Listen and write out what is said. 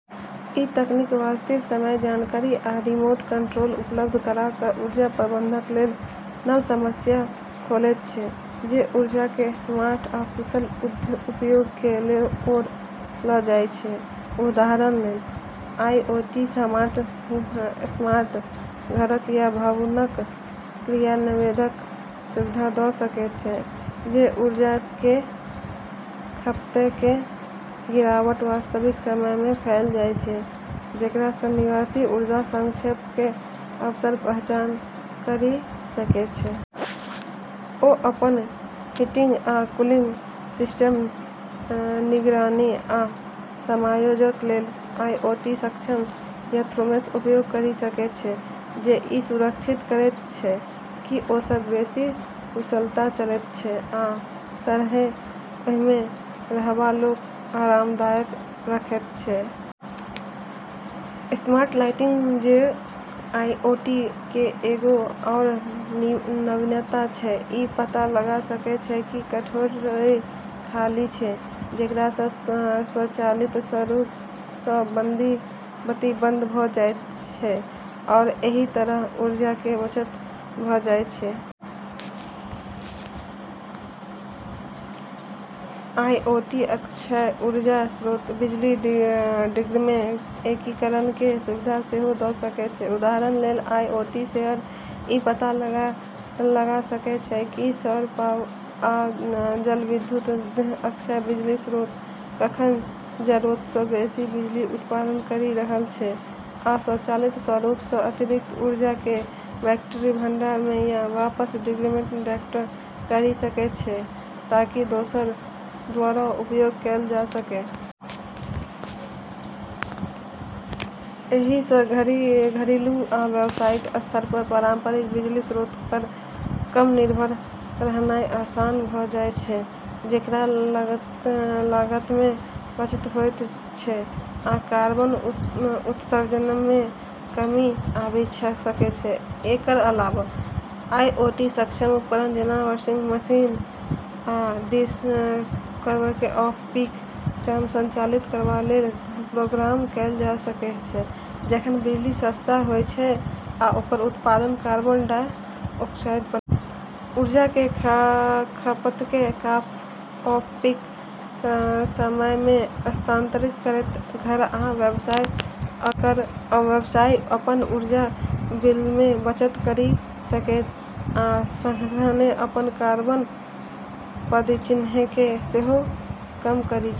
ई तकनीक वास्तविक समय जानकारी आ रिमोट कंट्रोल उपलब्ध करा क' ऊर्जा प्रबंधनके लेल नव संभावना खोलैत छै, जे ऊर्जाके स्मार्ट आ कुशल उपयोगके ओर ल' जाइत छै। उदाहरणक लेल, आईओटी "स्मार्ट" घरक या भवनक क्रियान्वयनके सुविधा द' सकय छै, जत' ऊर्जाके खपतके निगरानी वास्तविक समयमे कैल जाइत छै, जेकरासँ निवासी ऊर्जा संरक्षणके अवसरक पहचान करि सकय छै । ओ अपन हीटिंग आ कूलिंग सिस्टमक निगरानी आ समायोजनके लेल आईओटी-सक्षम थर्मोस्टेटके उपयोग करि सकय छै, जे ई सुनिश्चित करैत छै कि ओ सबसँ बेशी कुशलतासँ चलैत छै आ सङ्गहेँ ओइमे रहैबलाके आरामदायक रखैत छै । स्मार्ट लाइटिंग, जे आईओटी केर एगो आओर नवीनता छै, ई पता लगाइ सकै छै कि कोठली खाली छै, जेकरासँ स्वचालित रूपसँ बत्ती बंद भ' जाइत छै, आओर एहि तरहसँ ऊर्जाके बचत भ' जाइत छै। आईओटी अक्षय ऊर्जा स्रोतके बिजली ग्रिडमे एकीकरणके सुविधा सेहो द' सकय छै । उदाहरणक लेल, आईओटी सेंसर ई पता लगा सकय छै कि सौर, पवन, आ जलविद्युत जेहन अक्षय बिजली स्रोत कखन जरूरतसँ बेशी बिजली उत्पन्न करि रहल छै, आ स्वचालित रूपसँ अतिरिक्त ऊर्जाके बैटरी भंडारणमे या वापस ग्रिडमे डायवर्ट करि सकय छै ताकि दोसर द्वारा उपयोग कैल जा सकय । एहिसँ घरिलु आ व्यावसायिक स्तर पर पारंपरिक बिजली स्रोत पर कम निर्भर रहनाइ आसान भ' जाइत छै, जेकरासँ लागतमे बचत होइत छै आ कार्बन उत्सर्जनमे कमी आबि सकय छै। एकर अलावा, आईओटी-सक्षम उपकरण जेना वाशिंग मशीन आ डिशवॉशरके ऑफ-पीक समयमे संचालित करबाके लेल प्रोग्राम कैल जा सकय छै, जखन बिजली सस्ता होइत छै, आ ओकर उत्पादन कार्बन-गहन होइत छै। ऊर्जाके खपतके ऑफ-पीक समयमे स्थानांतरित करैत घर आ व्यवसाय अपन ऊर्जा बिलमे बचत करि सकय छै आ सङ्गहेँ अपन कार्बन पदचिह्नके सेहो कम करि सकय छै।